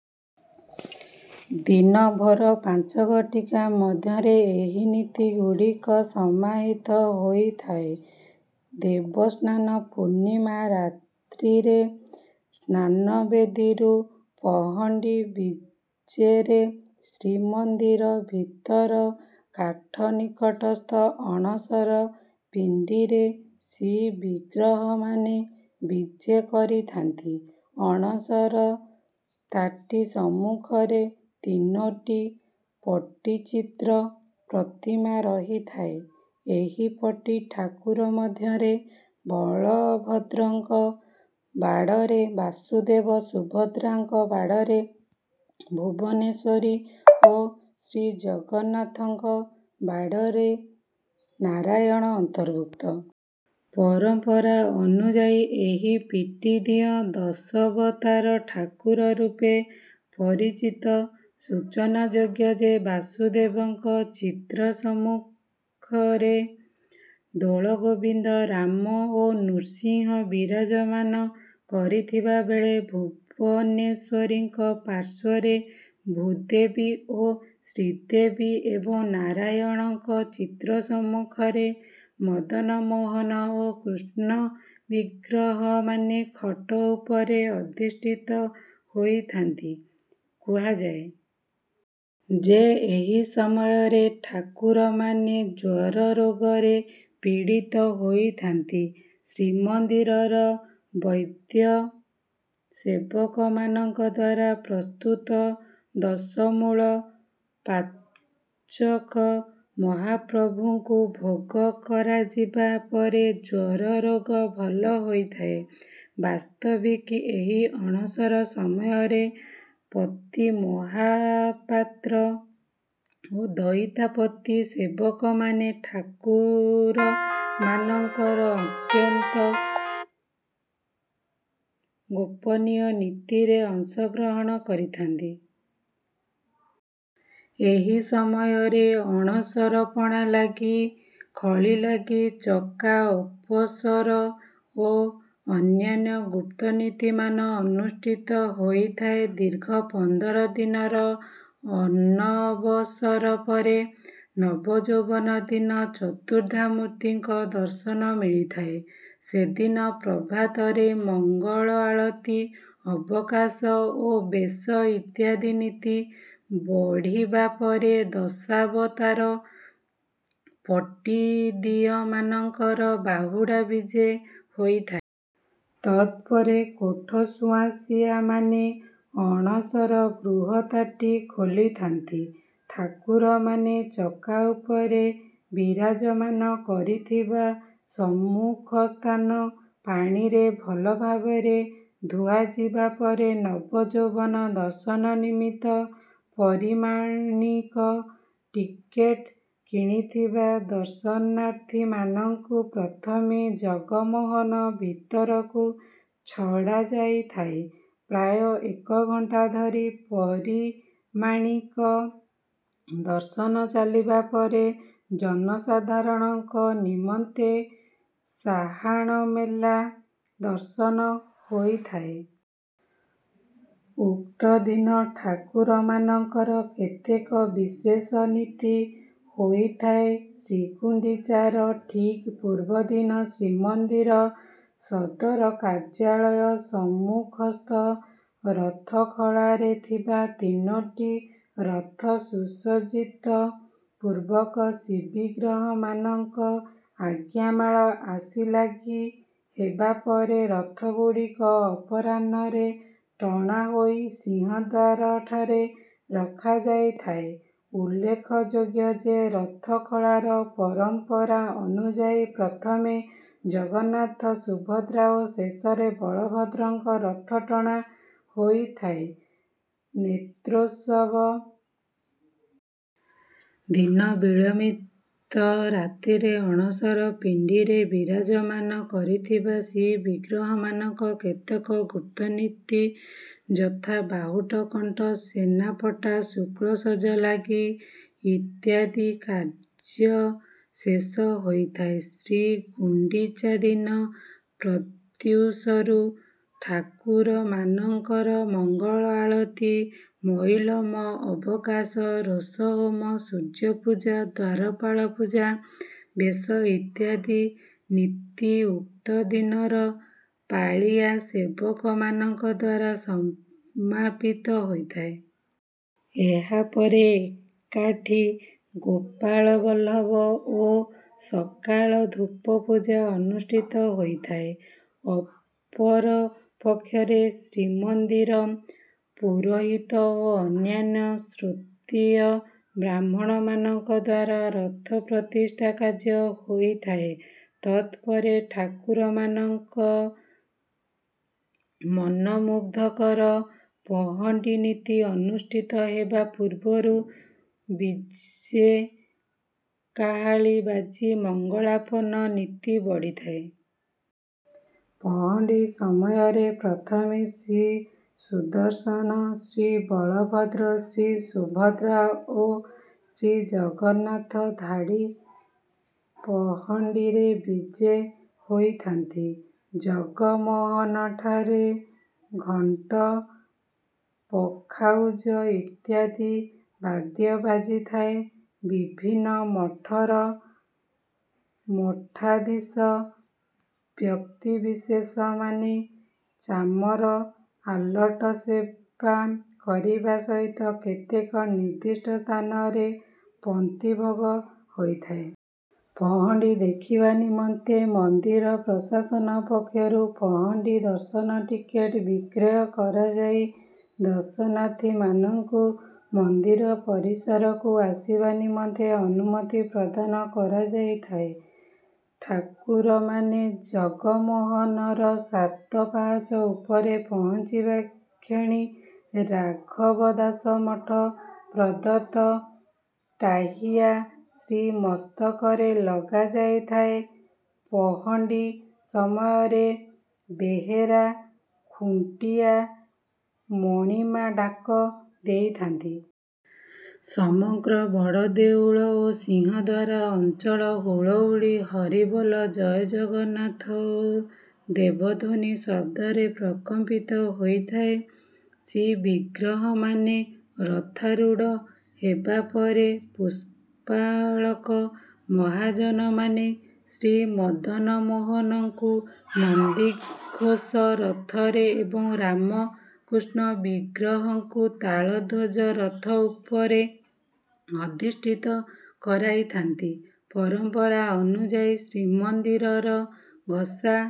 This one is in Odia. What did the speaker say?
ଦିନ ଭୋର ପାଞ୍ଚ ଘଟିକା ମଧ୍ୟରେ ଏହି ନୀତିଗୁଡ଼ିକ ସମାହିତ ହୋଇଥାଏ। ଦେବସ୍ନାନ ପୂର୍ଣ୍ଣିମା ରାତ୍ରିରେ ସ୍ନାନବେଦୀରୁ ପହଣ୍ଡି ବିଜେରେ ଶ୍ରୀମନ୍ଦିର ଭିତର କାଠ ନିକଟସ୍ଥ ଅଣସର ପିଣ୍ଡିରେ ଶ୍ରୀବିଗ୍ରହମାନେ ବିଜେ କରିଥାନ୍ତି। ଅଣସର ତାଟି ସମ୍ମୁଖରେ ତିନୋଟି ପଟିଚିତ୍ର ପ୍ରତିମା ରହିଥାଏ। ଏହି ପଟି ଠାକୁର ମଧ୍ୟରେ ବଳଭଦ୍ରଙ୍କ ବାଡ଼ରେ ବାସୁଦେବ, ସୁଭଦ୍ରାଙ୍କ ବାଡ଼ରେ ଭୁବନେଶ୍ୱରୀ ଓ ଶ୍ରୀଜଗନ୍ନାଥଙ୍କ ବାଡ଼ରେ ନାରାୟଣ ଅନ୍ତର୍ଭୁକ୍ତ। ପରମ୍ପରା ଅନୁଯାୟୀ ଏହି ପଟିଦିଅଁ ଦଶାବତାର ଠାକୁର ରୂପେ ପରିଚିତ। ସୂଚନାଯୋଗ୍ୟ ଯେ, ବାସୁଦେବଙ୍କ ଚିତ୍ର ସମ୍ମୁଖରେ ଦୋଳଗୋବିନ୍ଦ, ରାମ ଓ ନୃସିଂହ ବିରାଜମାନ କରିଥିବା ବେଳେ ଭୁବନେଶ୍ୱରୀଙ୍କ ପାର୍ଶ୍ୱରେ ଭୂଦେବୀ ଓ ଶ୍ରୀଦେବୀ ଏବଂ ନାରାୟଣଙ୍କ ଚିତ୍ର ସମ୍ମୁଖରେ ମଦନମୋହନ ଓ କୃଷ୍ଣ ବିଗ୍ରହମାନେ ଖଟ ଉପରେ ଅଧିଷ୍ଠିତ ହୋଇଥାନ୍ତି। କୁହାଯାଏ ଯେ, ଏହି ସମୟରେ ଠାକୁରମାନେ ଜ୍ୱରରୋଗରେ ପୀଡ଼ିତ ହୋଇଥାନ୍ତି। ଶ୍ରୀମନ୍ଦିରର ବୈଦ୍ୟ ସେବକମାନଙ୍କ ଦ୍ୱାରା ପ୍ରସ୍ତୁତ ଦଶମୂଳ ପାଚକ ମହାପ୍ରଭୁଙ୍କୁ ଭୋଗ କରାଯିବା ପରେ ଜ୍ୱରରୋଗ ଭଲ ହୋଇଥାଏ। ବାସ୍ତବିକ ଏହି ଅଣସର ସମୟରେ ପତି ମହାପାତ୍ର ଓ ଦଇତାପତି ସେବକମାନେ ଠାକୁରମାନଙ୍କର ଅତ୍ୟନ୍ତ ଗୋପନୀୟ ନୀତିରେ ଅଂଶଗ୍ରହଣ କରିଥାନ୍ତି। ଏହି ସମୟରେ ଅଣସର ପଣା, ଘଣାଲାଗି, ଖଳିଲାଗି, ଚକା ଅପସର ଓ ଅନ୍ୟାନ୍ୟ ଗୁପ୍ତ ନୀତିମାନ ଅନୁଷ୍ଠିତ ହୋଇଥାଏ। ଦୀର୍ଘ ପନ୍ଦର ଦିନର ଅନବସର ପରେ ନବଯୌବନ ଦିନ ଚତୁର୍ଦ୍ଧାମୂର୍ତ୍ତିଙ୍କ ଦର୍ଶନ ମିଳିଥାଏ। ସେଦିନ ପ୍ରଭାତରେ ମଙ୍ଗଳ ଆଳତି, ଅବକାଶ ଓ ବେଶ ଇତ୍ୟାଦି ନୀତି ବଢ଼ିବା ପରେ ଦଶାବତାର ପଟିଦିଅଁମାନଙ୍କର ବାହୁଡ଼ା ବିଜେ ହୋଇଥାଏ। ତତ୍‌ପରେ କୋଠସୁଆଁସିଆମାନେ ଅଣସର ଗୃହ ତାଟି ଖୋଲିଥାନ୍ତି। ଠାକୁରମାନେ ଚକା ଉପରେ ବିରାଜମାନ କରିଥିବା ସମ୍ମୁଖସ୍ଥାନ ପାଣିରେ ଭଲ ଭାବରେ ଧୁଆଯିବା ପରେ ନବଯୌବନ ଦର୍ଶନ ନିମିତ୍ତ ପରିମାଣିକ ଟିକେଟ୍ କିଣିଥିବା ଦର୍ଶନାର୍ଥୀମାନଙ୍କୁ ପ୍ରଥମେ ଜଗମୋହନ ଭିତରକୁ ଛଡ଼ାଯାଇଥାଏ। ପ୍ରାୟ ଏକ ଘଣ୍ଟା ଧରି ପରିମାଣିକ ଦର୍ଶନ ଚାଲିବା ପରେ ଜନସାଧାରଣଙ୍କ ନିମନ୍ତେ ସାହାଣମେଲା ଦର୍ଶନ ହୋଇଥାଏ। ଉକ୍ତ ଦିନ ଠାକୁରମାନଙ୍କର କେତେକ ବିଶେଷ ନୀତି ହୋଇଥାଏ। ଶ୍ରୀଗୁଣ୍ଡିଚାର ଠିକ୍ ପୂର୍ବଦିନ ଶ୍ରୀମନ୍ଦିର ସଦର କାର୍ଯ୍ୟାଳୟ ସମ୍ମୁଖସ୍ଥ ରଥଖଳାଠାରେ ଥିବା ତିନି ରଥ ସୁସଜ୍ଜିତ ପୂର୍ବକ ଶ୍ରୀବିଗ୍ରହମାନଙ୍କ ଆଜ୍ଞାମାଳ ଆସି ଲାଗି ହେବା ପରେ ରଥଗୁଡ଼ିକ ଅପରାହ୍ନରେ ଟଣା ହୋଇ ସିଂହଦ୍ୱାରଠାରେ ରଖାଯାଇଥାଏ। ଉଲ୍ଲେଖଯୋଗ୍ୟ ଯେ, ରଥଖଳାର ପରମ୍ପରା ଅନୁଯାୟୀ ପ୍ରଥମେ ଜଗନ୍ନାଥ, ସୁଭଦ୍ରା ଓ ଶେଷରେ ବଳଭଦ୍ରଙ୍କ ରଥ ଟଣା ହୋଇଥାଏ। ନେତ୍ରୋତ୍ସବ ଦିନ ବିଳମ୍ବିତ ରାତ୍ରିରେ ଅଣସର ପିଣ୍ଡିରେ ବିରାଜମାନ କରିଥିବା ଶ୍ରୀବିଗ୍ରହମାନଙ୍କ କେତେକ ଗୁପ୍ତ ନୀତି, ଯଥା— ବାହୁଟକଣ୍ଟ, ସେନାପଟା, ଶୁକ୍ଳସଜ ଲାଗି ଇତ୍ୟାଦି କାର୍ଯ୍ୟ ଶେଷ ହୋଇଥାଏ। ଶ୍ରୀଗୁଣ୍ଡିଚା ଦିନ ପ୍ରତ୍ୟୂଷରୁ ଠାକୁରମାନଙ୍କର ମଙ୍ଗଳ ଆଳତି, ମଇଲମ, ଅବକାଶ, ରୋଷହୋମ, ସୂର୍ଯ୍ୟପୂଜା, ଦ୍ୱାରପାଳ ପୂଜା, ବେଶ ଇତ୍ୟାଦି ନୀତି ଉକ୍ତ ଦିନର ପାଳିଆ ସେବକମାନଙ୍କ ଦ୍ୱାରା ସମାପିତ ହୋଇଥାଏ। ଏହାପରେ ଏକାଠି ଗୋପାଳବଲ୍ଲଭ ଓ ସକାଳ ଧୂପ ପୂଜା ଅନୁଷ୍ଠିତ ହୋଇଥାଏ। ଅପରପକ୍ଷରେ ଶ୍ରୀମନ୍ଦିର ପୁରୋହିତ ଓ ଅନ୍ୟାନ୍ୟ ଶ୍ରୋତ୍ରୀୟ ବ୍ରାହ୍ମଣମାନଙ୍କ ଦ୍ୱାରା ରଥ ପ୍ରତିଷ୍ଠା କାର୍ଯ୍ୟ ହୋଇଥାଏ। ତତ୍‌ପରେ ଠାକୁରମାନଙ୍କ ମନମୁଗ୍ଧକର ପହଣ୍ଡି ନୀତି ଅନୁଷ୍ଠିତ ହେବା ପୂର୍ବରୁ ବିଜେ କାହାଳୀ ବାଜି ମଙ୍ଗଳାର୍ପଣ ନୀତି ବଢ଼ିଥାଏ। ପହଣ୍ଡି ସମୟରେ ପ୍ରଥମେ ଶ୍ରୀସୁଦର୍ଶନ, ଶ୍ରୀବଳଭଦ୍ର, ଶ୍ରୀସୁଭଦ୍ରା ଓ ଶ୍ରୀଜଗନ୍ନାଥ ଧାଡ଼ି ପହଣ୍ଡିରେ ବିଜେ ହୋଇଥାନ୍ତି। ଜଗମୋହନଠାରେ ଘଣ୍ଟ, ପଖାଉଜ ଇତ୍ୟାଦି ବାଦ୍ୟ ବାଜିଥାଏ। ବିଭିନ୍ନ ମଠର ମଠାଧୀଶ, ବ୍ୟକ୍ତିବିଶେଷମାନେ ଚାମର, ଆଲଟ ସେବା କରିବା ସହିତ କେତେକ ନିର୍ଦ୍ଦିଷ୍ଟ ସ୍ଥାନରେ ପନ୍ତି ଭୋଗ ହୋଇଥାଏ। ପହଣ୍ଡି ଦେଖିବା ନିମନ୍ତେ ମନ୍ଦିର ପ୍ରଶାସନ ପକ୍ଷରୁ ପହଣ୍ଡି ଦର୍ଶନ ଟିକେଟ୍ ବିକ୍ରୟ କରାଯାଇ ଦର୍ଶନାର୍ଥୀମାନଙ୍କୁ ମନ୍ଦିର ପରିସରକୁ ଆସିବା ନିମନ୍ତେ ଅନୁମତି ପ୍ରଦାନ କରାଯାଇଥାଏ। ଠାକୁରମାନେ ଜଗମୋହନର ସାତ ପାହାଚ ଉପରେ ପହଞ୍ଚିବା କ୍ଷଣି ରାଘବ ଦାସ ମଠ ପ୍ରଦତ୍ତ 'ଟାହିଆ' ଶ୍ରୀମସ୍ତକରେ ଲଗାଯାଇଥାଏ। ପହଣ୍ଡି ସମୟରେ ବେହେରା ଖୁଣ୍ଟିଆ 'ମଣିମା' ଡାକ ଦେଇଥାନ୍ତି। ସମଗ୍ର ବଡ଼ ଦେଉଳ ଓ ସିଂହଦ୍ୱାର ଅଞ୍ଚଳ ହୁଳହୁଳି, ହରିବୋଲ, 'ଜୟ ଜଗନ୍ନାଥ' ଓ ଦେବଧ୍ୱନି ଶବ୍ଦରେ ପ୍ରକମ୍ପିତ ହୋଇଥାଏ। ଶ୍ରୀବିଗ୍ରହମାନେ ରଥାରୂଢ଼ ହେବାପରେ ପୁଷ୍ପାଳକ ମହାଜନମାନେ ଶ୍ରୀମଦନମୋହନଙ୍କୁ ନନ୍ଦିଘୋଷ ରଥରେ ଏବଂ ରାମ, କୃଷ୍ଣ ବିଗ୍ରହଙ୍କୁ ତାଳଧ୍ୱଜ ରଥ ଉପରେ ଅଧିଷ୍ଠିତ କରାଇଥାନ୍ତି। ପରମ୍ପରା ଅନୁଯାୟୀ ଶ୍ରୀମନ୍ଦିରର ଘସା...